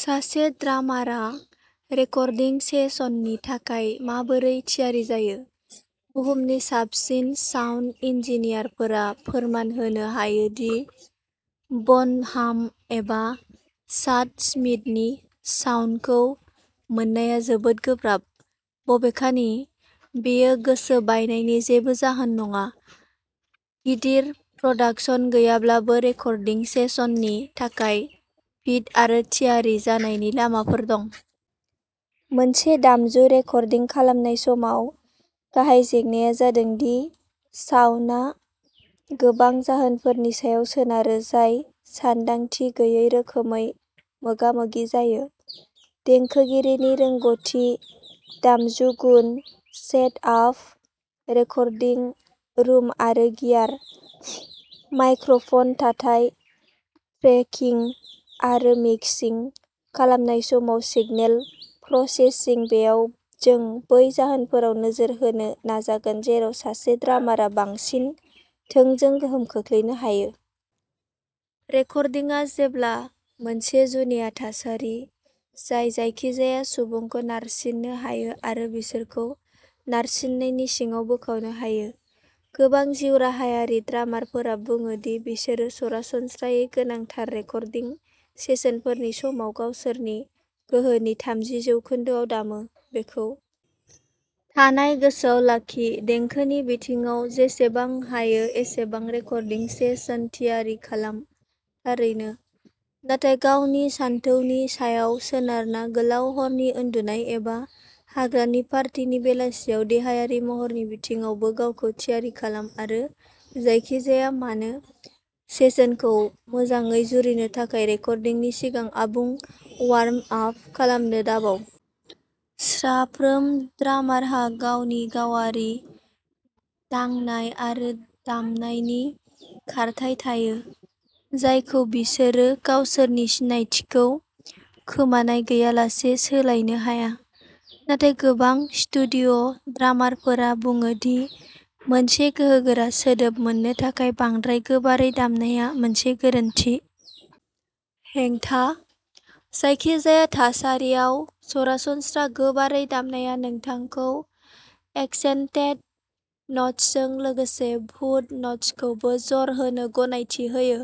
सासे ड्रामारआ रेकर्डिं सेसननि थाखाय माबोरै थियारि जायो? बुहुमनि साबसिन साउन्ड इन्जिनियारफोरा फोरमान होनो हायो दि बनहाम एबा चाड स्मिथनि साउन्डखौ मोननाया जोबोद गोब्राब! बबेखानि, बेयो गोसो बायनायनि जेबो जाहोन नङा। गिदिर प्रडाक्शन गैयाब्लाबो, रेकर्डिं सेसननि थाखाय फिट आरो थियारि जानायनि लामाफोर दं। मोनसे दामजु रेकर्डिं खालामनाय समाव गाहाय जेंनाया जादों दि साउन्डआ गोबां जाहोनफोरनि सायाव सोनारो जाय सानदांथि गैयै रोखोमै मोगा मोगि जायोः देंखोगिरिनि रोंग'थि, दामजु गुन, सेटआप, रेकर्डिं रुम आरो गियार, माइक्र'फन थाथाय, ट्रेकिं आरो मिक्सिं खालामनाय समाव सिगनेल प्रसेसिं बेयाव जों बै जाहोनफोराव नोजोर होनो नाजागोन जेराव सासे ड्रामारआ बांसिन थोंजों गोहोम खोख्लैनो हायो। रेकर्डिंआ जेब्लाबो मोनसे जुनिया थासारि जाय जायखिजाया सुबुंखौ नारसिननो हायो आरो बिसोरखौ नारसिननायनि सिङाव बोखावनो हायो। गोबां जिउराहायारि ड्रामारफोरा बुङो दि बिसोरो सरासनस्रायै गोनांथार रेकर्डिं सेसनफोरनि समाव गावसोरनि गोहोनि थामजि जौखोन्दोआव दामो। बेखौ थानाय गोसोआव लाखि, देंखोनि बिथिङाव जेसेबां हायो एसेबां रेकर्डिं सेसन थियारि खालाम, थारैनो, नाथाय गावनि सानथौनि सायाव सोनारना गोलाव हरनि उन्दुनाय एबा हाग्रानि पार्टिनि बेलासियाव देहायारि महरनि बिथिङावबो गावखौ थियारि खालाम आरो जेखि जाया मानो, सेसनखौ मोजाङै जुरिनो थाखाय रेकर्डिंनि सिगां आबुं वार्म आप खालामनो दाबाव। साफ्रोम ड्रामारहा गावनि गावारि दांनाय आरो दामनायनि खारथाइ थायो, जायखौ बिसोरो गावसोरनि सिनायथिखौ खोमानाय गैयालासे सोलायनो हाया, नाथाय गोबां स्टुडिय' ड्रामारफोरा बुङो दि मोनसे गोहोगोरा सोदोब मोननो थाखाय बांद्राय गोबारै दामनाया मोनसे गोरोन्थि। हेंथा? जायखिजाया थासारियाव, सरासनस्रा गोबारै दामनाया नोंथांखौ एक्सेन्टेड न'ट्सजों लोगोसे भुत न'ट्सखौबो जर होनो गनायथि होयो।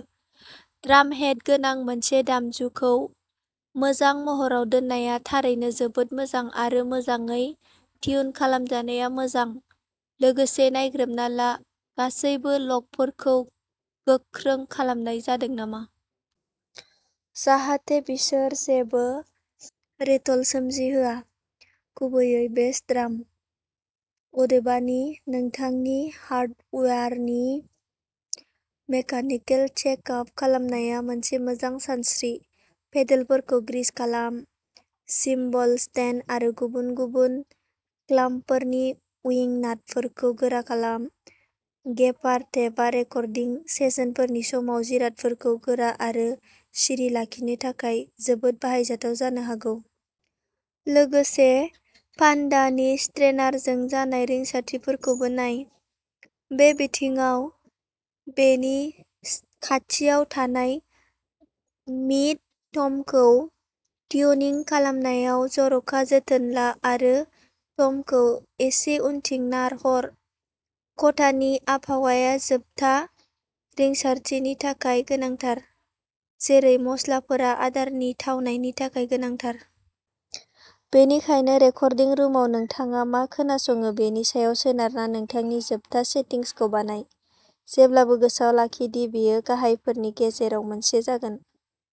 ड्रामहेड गोनां मोनसे दामजुखौ मोजां महराव दोननाया थारैनो जोबोद मोजां आरो मोजाङै टिउन खालामजानाया मोजां। लोगोसे नायग्रोमना ला गासैबो लगफोरखौ गोख्रों खालामनाय जादों नामा। जाहाथे बिसोर जेबो रेटल सोमजिहोआ, गुबैयै बेस ड्राम। अदेबानि, नोंथांनि हार्डवेयारनि मेकानिकेल चेकआप खालामनाया मोनसे मोजां सानस्रिः पेडेलफोरखौ ग्रीस खालाम, सिम्बल स्टेन्ड आरो गुबुन गुबुन क्लाम्पफोरनि उइं नाटफोरखौ गोरा खालाम। गेफार टेपआ रेकर्डिं सेसनफोरनि समाव जिरादफोरखौ गोरा आरो सिरि लाखिनो थाखाय जोबोद बाहायजाथाव जानो हागौ। लोगोसे, फान्दानि स्ट्रेनारजों जानाय रिंसारथिफोरखौबो नाय। बे बिथिङाव, बेनि खाथियाव थानाय मिड-टमखौ ट्युनिं खालामनायाव जर'खा जोथोन ला आरो टमखौ एसे उनथिं नारहर। खथानि आबहावाया जोबथा रिंसारथिनि थाखाय गोनांथार, जेरै मस्लाफोरा आदारनि थावनायनि थाखाय गोनांथार। बेनिखायनो रेकर्डिं रुमाव नोंथाङा मा खोनासङो बेनि सायाव सोनारना नोंथांनि जोबथा सेटिंसखौ बानाय, जेब्लाबो गोसोआव लाखि दि बेयो गाहायफोरनि गेजेराव मोनसे जागोन।